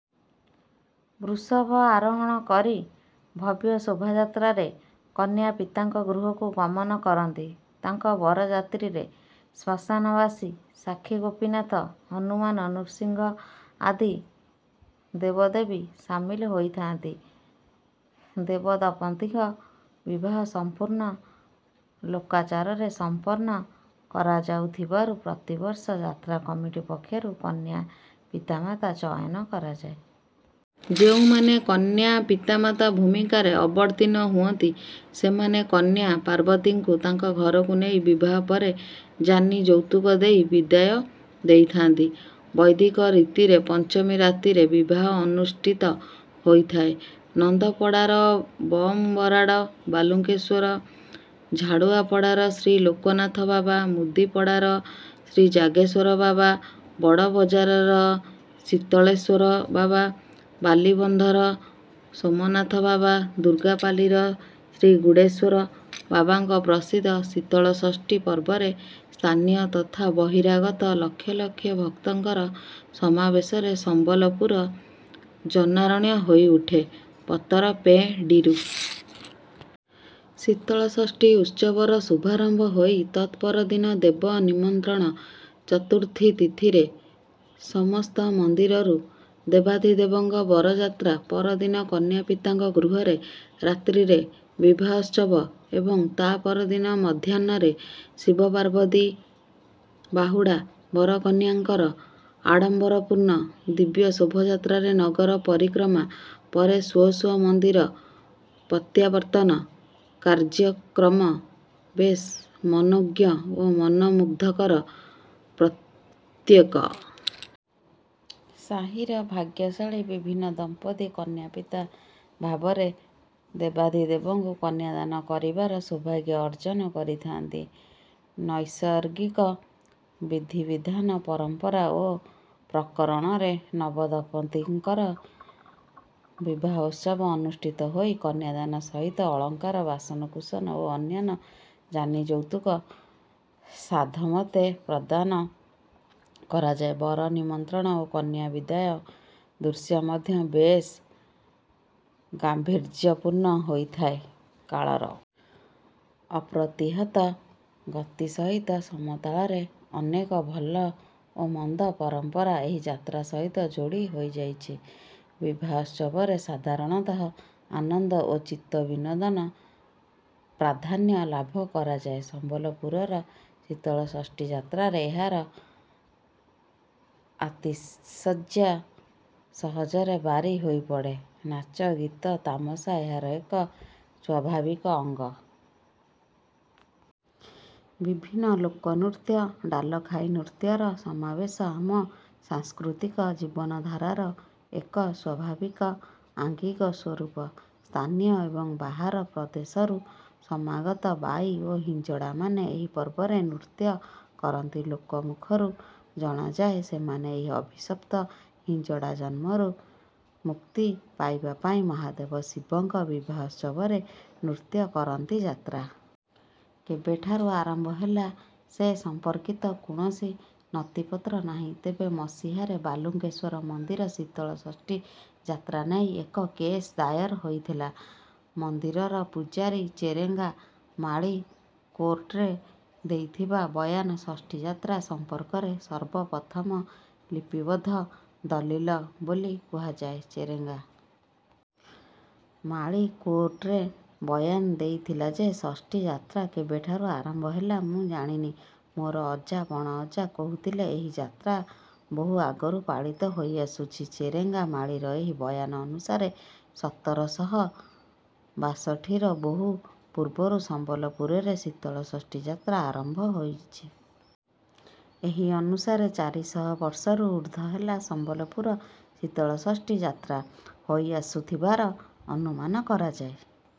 ବୃଷଭ ଆରୋହଣ କରି ଭବ୍ୟ ଶୋଭାଯାତ୍ରାରେ କନ୍ୟାପିତାଙ୍କ ଗୃହକୁ ଗମନ କରନ୍ତି। ତାଙ୍କ ବରଯାତ୍ରୀରେ ଶ୍ମଶାନବାସୀ, ସାକ୍ଷୀଗୋପୀନାଥ, ହନୁମାନ, ନୃସିଂହ ଆଦି ଦେବଦେବୀ ସାମିଲ ହୋଇଥାନ୍ତି। ଦେବଦମ୍ପତିଙ୍କ ବିବାହ ସମ୍ପୂର୍ଣ୍ଣ ଲୋକାଚାରରେ ସମ୍ପନ୍ନ କରାଯାଉଥିବାରୁ ପ୍ରତିବର୍ଷ ଯାତ୍ରା କମିଟି ପକ୍ଷରୁ କନ୍ୟା ପିତାମାତା ଚୟନ କରାଯାଏ। ଯେଉଁମାନେ କନ୍ୟା ପିତାମାତା ଭୂମିକାରେ ଅବତୀର୍ଣ୍ଣ ହୁଅନ୍ତି, ସେମାନେ କନ୍ୟା ପାର୍ବତୀଙ୍କୁ ତାଙ୍କ ଘରକୁ ନେଇ ବିବାହ ପରେ ଯାନିଯୌତୁକ ଦେଇ ବିଦାୟ ଦେଇଥାନ୍ତି। ବୈଦିକ ରୀତିରେ ପଞ୍ଚମୀ ରାତିରେ ବିବାହ ଅନୁଷ୍ଠିତ ହୋଇଥାଏ। ନନ୍ଦପଡ଼ାର ବମ୍ ବରାଡ଼ ବାଲୁଙ୍କେଶ୍ୱର, ଝାଡ଼ୁଆପଡ଼ାର ଶ୍ରୀଲୋକନାଥ ବାବା, ମୁଦିପଡ଼ାର ଶ୍ରୀଜାଗେଶ୍ୱର ବାବା, ବଡ଼ବଜାରର ଶୀତଳେଶ୍ୱର ବାବା, ବାଲିବନ୍ଧର ସୋମନାଥ ବାବା, ଦୁର୍ଗାପାଲିର ଶ୍ରୀଗୁଡ଼େଶ୍ୱର ବାବାଙ୍କ ପ୍ରସିଦ୍ଧ ଶୀତଳଷଷ୍ଠୀ ପର୍ବରେ ସ୍ଥାନୀୟ ତଥା ବହିରାଗତ ଲକ୍ଷ ଲକ୍ଷ ଭକ୍ତଙ୍କର ସମାବେଶରେ ସମ୍ବଲପୁର ଜନାରଣ୍ୟ ହୋଇଉଠେ। ପତରପେଁଡ଼ିରୁ ଶୀତଳଷଷ୍ଠୀ ଉତ୍ସବର ଶୁଭାରମ୍ଭ ହୋଇ, ତତ୍‌ପରଦିନ ଦେବ ନିମନ୍ତ୍ରଣ, ଚତୁର୍ଥୀ ତିଥିରେ ସମସ୍ତ ମନ୍ଦିରରୁ ଦେବାଧିଦେବଙ୍କ ବରଯାତ୍ରା, ପରଦିନ କନ୍ୟାପିତାଙ୍କ ଗୃହରେ ରାତ୍ରିରେ ବିବାହୋତ୍ସବ ଏବଂ ତା’ପରଦିନ ମଧ୍ୟାହ୍ନରେ ଶିବପାର୍ବତୀ ବାହୁଡ଼ା ବରକନ୍ୟାଙ୍କର ଆଡ଼ମ୍ବରପୂର୍ଣ୍ଣ ଦିବ୍ୟ ଶୋଭାଯାତ୍ରାରେ ନଗର ପରିକ୍ରମା ପରେ ସ୍ୱ ସ୍ୱ ମନ୍ଦିର ପତ୍ୟାବର୍ତ୍ତନ କାର୍ଯ୍ୟକ୍ରମ ବେଶ୍ ମନୋଜ୍ଞ ଓ ମନମୁଗ୍ଧକର। ପ୍ରତ୍ୟେକ ସାହିର ଭାଗ୍ୟଶାଳୀ ବିଭିନ୍ନ ଦମ୍ପତି କନ୍ୟାପିତା ଭାବରେ ଦେବାଧିଦେବଙ୍କୁ କନ୍ୟାଦାନ କରିବାର ସୌଭାଗ୍ୟ ଅର୍ଜନ କରିଥାନ୍ତି। ନୈସର୍ଗିକ ବିଧିବିଧାନ, ପରମ୍ପରା ଓ ପ୍ରକରଣରେ ନବଦମ୍ପତିଙ୍କର ବିବାହୋତ୍ସବ ଅନୁଷ୍ଠିତ ହୋଇ କନ୍ୟାଦାନ ସହିତ ଅଳଙ୍କାର, ବାସନକୁସନ ଓ ଅନ୍ୟାନ୍ୟ ଯାନିଯୌତୁକ ସାଧ୍ୟମତେ ପ୍ରଦାନ କରାଯାଏ। ବର ନିମନ୍ତ୍ରଣ ଓ କନ୍ୟା ବିଦାୟ ଦୃଶ୍ୟ ମଧ୍ୟ ବେଶ୍ ଗାମ୍ଭୀର୍ଯ୍ୟପୂର୍ଣ୍ଣ ହୋଇଥାଏ। କାଳର ଅପ୍ରତିହତ ଗତି ସହିତ ସମତାଳରେ ଅନେକ ଭଲ ଓ ମନ୍ଦ ପରମ୍ପରା ଏହି ଯାତ୍ରା ସହିତ ଯୋଡ଼ି ହୋଇଯାଇଛି। ବିବାହୋତ୍ସବରେ ସାଧାରଣତଃ ଆନନ୍ଦ ଓ ଚିତ୍ତବିନୋଦନ ପ୍ରାଧାନ୍ୟ ଲାଭ କରିଯାଏ। ସମ୍ବଲପୁରର ଶୀତଳଷଷ୍ଠୀ ଯାତ୍ରାରେ ଏହାର ଆତିଶଯ୍ୟ ସହଜରେ ବାରି ହୋଇପଡ଼େ। ନାଚ, ଗୀତ, ତାମସା ଏହାର ଏକ ସ୍ୱାଭାବିକ ଅଙ୍ଗ। ବିଭିନ୍ନ ଲୋକନୃତ୍ୟ, ଡାଲଖାଇ ନୃତ୍ୟର ସମାବେଶ ଆମ ସାଂସ୍କୃତିକ ଜୀବନଧାରାର ଏକ ସ୍ୱାଭାବିକ ଆଙ୍ଗିକ ସ୍ୱରୂପ। ସ୍ଥାନୀୟ ଏବଂ ବାହାର ପ୍ରଦେଶରୁ ସମାଗତ ବାଈ ଓ ହିଞ୍ଜଡ଼ାମାନେ ଏହି ପର୍ବରେ ନୃତ୍ୟ କରନ୍ତି। ଲୋକମୁଖରୁ ଯଣାଯାଏ, "ସେମାନେ ଏହି ଅଭିଶପ୍ତ ହିଞ୍ଜଡ଼ା ଜନ୍ମରୁ ମୁକ୍ତି ପାଇବା ପାଇଁ ମହାଦେବ ଶିବଙ୍କ ବିବାହୋତ୍ସବରେ ନୃତ୍ୟ କରନ୍ତି"।ଯାତ୍ରା କେବେଠାରୁ ଆରମ୍ଭ ହେଲା, ସେ ସମ୍ପର୍କିତ କୌଣସି ନଥିପତ୍ର ନାହିଁ। ତେବେ ମସିହାରେ ବାଲୁଙ୍କେଶ୍ୱର ମନ୍ଦିର ଶୀତଳଷଷ୍ଠୀ ଯାତ୍ରା ନେଇ ଏକ କେସ୍ ଦାଏର ହୋଇଥିଲା। ମନ୍ଦିରର ପୂଜାରୀ ଚେରେଙ୍ଗା ମାଳୀ କୋର୍ଟରେ ଦେଇଥିବା ବୟାନ ଷଷ୍ଠୀ ଯାତ୍ରା ସମ୍ପର୍କରେ ସର୍ବପ୍ରଥମ ଲିପିବଦ୍ଧ ଦଲିଲ ବୋଲି କୁହାଯାଏ। ଚେରେଙ୍ଗା ମାଳୀ କୋର୍ଟରେ ବୟାନ ଦେଇଥିଲା ଯେ, ଷଷ୍ଠୀ ଯାତ୍ରା କେବେଠାରୁ ଆରମ୍ଭ ହେଲା ମୁଁ ଜାଣିନି। ମୋର ଅଜା, ପଣଅଜା କହୁଥିଲେ ଏହି ଯାତ୍ରା ବହୁ ଆଗରୁ ପାଳିତ ହୋଇଆସୁଛି। ଚେରେଙ୍ଗା ମାଳୀର ଏହି ବୟାନ ଅନୁସାରେ ସତର ଶହ ବାଷଠିର ବହୁ ପୂର୍ବରୁ ସମ୍ବଲପୁରରେ ଶୀତଳଷଷ୍ଠୀ ଯାତ୍ରା ଆରମ୍ଭ ହୋଇଛି। ଏହି ଅନୁସାରେ ଚାରି ଶହ ବର୍ଷରୁ ଊର୍ଦ୍ଧ୍ୱ ହେଲା ସମ୍ବଲପୁର ଶୀତଳଷଷ୍ଠୀ ଯାତ୍ରା ହୋଇଆସୁଥିବାର ଅନୁମାନ କରାଯାଏ।